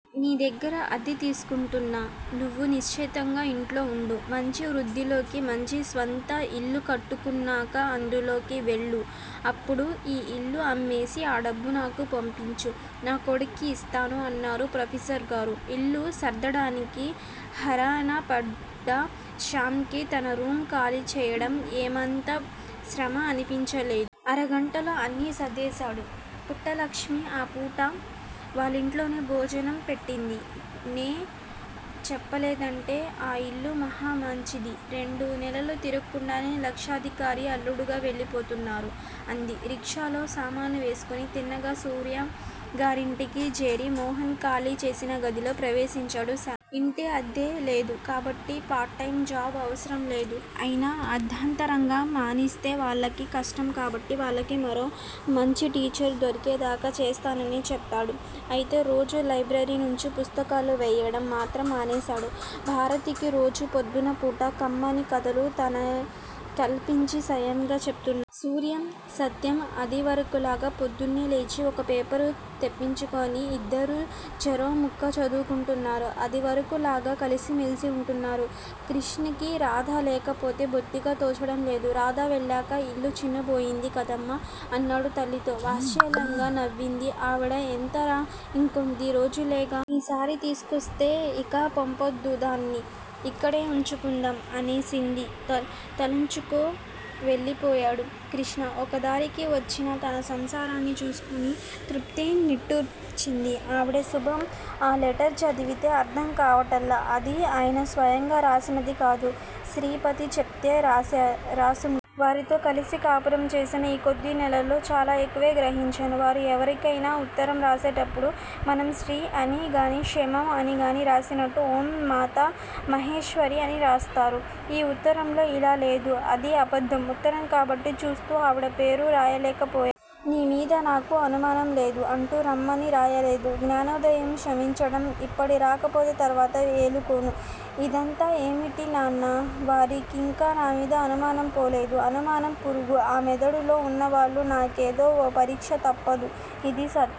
నీ దగ్గర అద్దె తీసుకుంటున్న నువ్వు నిశ్చింతగా ఇంట్లో వుండు మంచి వృద్దిలోకి వచ్చి స్వంత ఇల్లు కట్టుక్కున్నాక అందులోకి వెళ్ళు. అప్పుడు ఈ యిల్లు అమ్మేసి ఆ డబ్బు నాకు పంపించు. నా కొడుక్కి యిస్తాను అన్నారు. ప్రొఫెసర్ గారు యిల్లు సర్దడానికి హరానాపడ్డ శ్యామ్ కి తన రూం ఖాళీ చెయ్యడం ఏమంత శ్రమ అనిపించలేదు. అరగంటలో అన్నీ సర్దేశాడు. పుట్టలక్ష్మి ఆ పూట వాళ్ళింట్లోనే భోజనం పెట్టింది నే చెప్పలేదంటే, ఆ యిల్లు మహా మంచిది. రెండు నెలలు తిరక్కుండానే లక్షాధికారికి అల్లుడిగా వెళ్ళిపోతున్నారు అంది. రిక్షాలో సామానువేసుకుని తిన్నగా సూర్యం గారింటికి జేరి మోహన్ ఖాళీ చేసిన గదిలో ప్రవేశించాడు శ్యామ్. ఇంటి అద్దె లేదు కాబట్టి పార్ట్ టైం జాబ్ అవసరంలేదు. అయినా అర్థాంతరంగా మానేస్తే వాళ్ళకి కష్టం కాబట్టి వాళ్ళకి మరో మంచి టీచర్ దొరికేదాకా చేస్తానని చెప్పాడు. అయితే రోజూ లైబ్రరీనుంచి పుస్తకాలు వేయడం మాత్రం మానేసాడు. భారతికి రోజు పొద్దున పూట కమ్మని కథలు తనే కల్పించి స్వయంగా చెప్తున్నాడు. సూర్యం, సత్యం అదివరకులాగా పొద్దున్నే లేచి ఒక పేపరు తెప్పించుకుని యిద్దరూ చెరో ముక్కా చదువుకుంటున్నారు. అదివరకులాగే కలిసిమెలిసి ఉంటున్నారు. క్రిష్ణకి రాధ లేకపోతే బొత్తిగా తోచడంలేదు. రాధ వెళ్ళాక యిల్లు చిన్నబోయింది కదమ్మా! అన్నాడు తల్లితో. వాత్సల్యంగా నవ్వింది ఆవిడ. ఎంతరా! ఇంకొద్ది రోజులేగా. ఈసారి తీసుకొస్తే యిక పంపొద్దు దాన్ని. ఇక్కడే ఉంచుకుందాం అనేసింది. తలొంచుకో వెళ్ళిపోయాడు కృష్ణ. ఒకదారికి వచ్చిన తన సంసారాన్ని చూసుకుని తృప్తి నిట్టూర్చింది ఆవిడ. శుభం అ లెటర్ చదివితే అర్ధం కావటంలా? అది అయన స్వయంగా వ్రాసినది కాదు. శ్రీపతి చెపితే రాసుంటారు. వారితో కల్సి కాపురం చేసిన ఈ కొద్ది నెలల్లో చాలా ఎక్కువే గ్రహించాను. వారు ఎవరికైనా ఉత్తరం రాసేటప్పుడు, మనం శ్రీ అని గాని క్షేమం అని గాని రాసినట్టు ఓం మాతా మహేశ్వరీ అని రాస్తారు. ఈ ఉత్తరంలో ఇలా లేదు. అది అబద్దం ఉత్తరం కాబట్టే చూస్తూ ఆవిడ పేరు రాయలేకపోయారు. నీ మీద నాకు అనుమానం లేదు, అంటూ రమ్మని రాయలేదు. జ్ఞానోదయం, క్షమించటం, ఇప్పుడు రాకపోతే తర్వాత ఏలుకోను, ఇదంతా ఏమిటి నాన్నా? వారికింకా నా మీద అనుమానం పోలేదు. అనుమానం పురుగు ఆ మెదడులో ఉన్నన్నాళ్ళు నాకేదో ఓ పరిక్ష తప్పదు, ఇది సత్యం.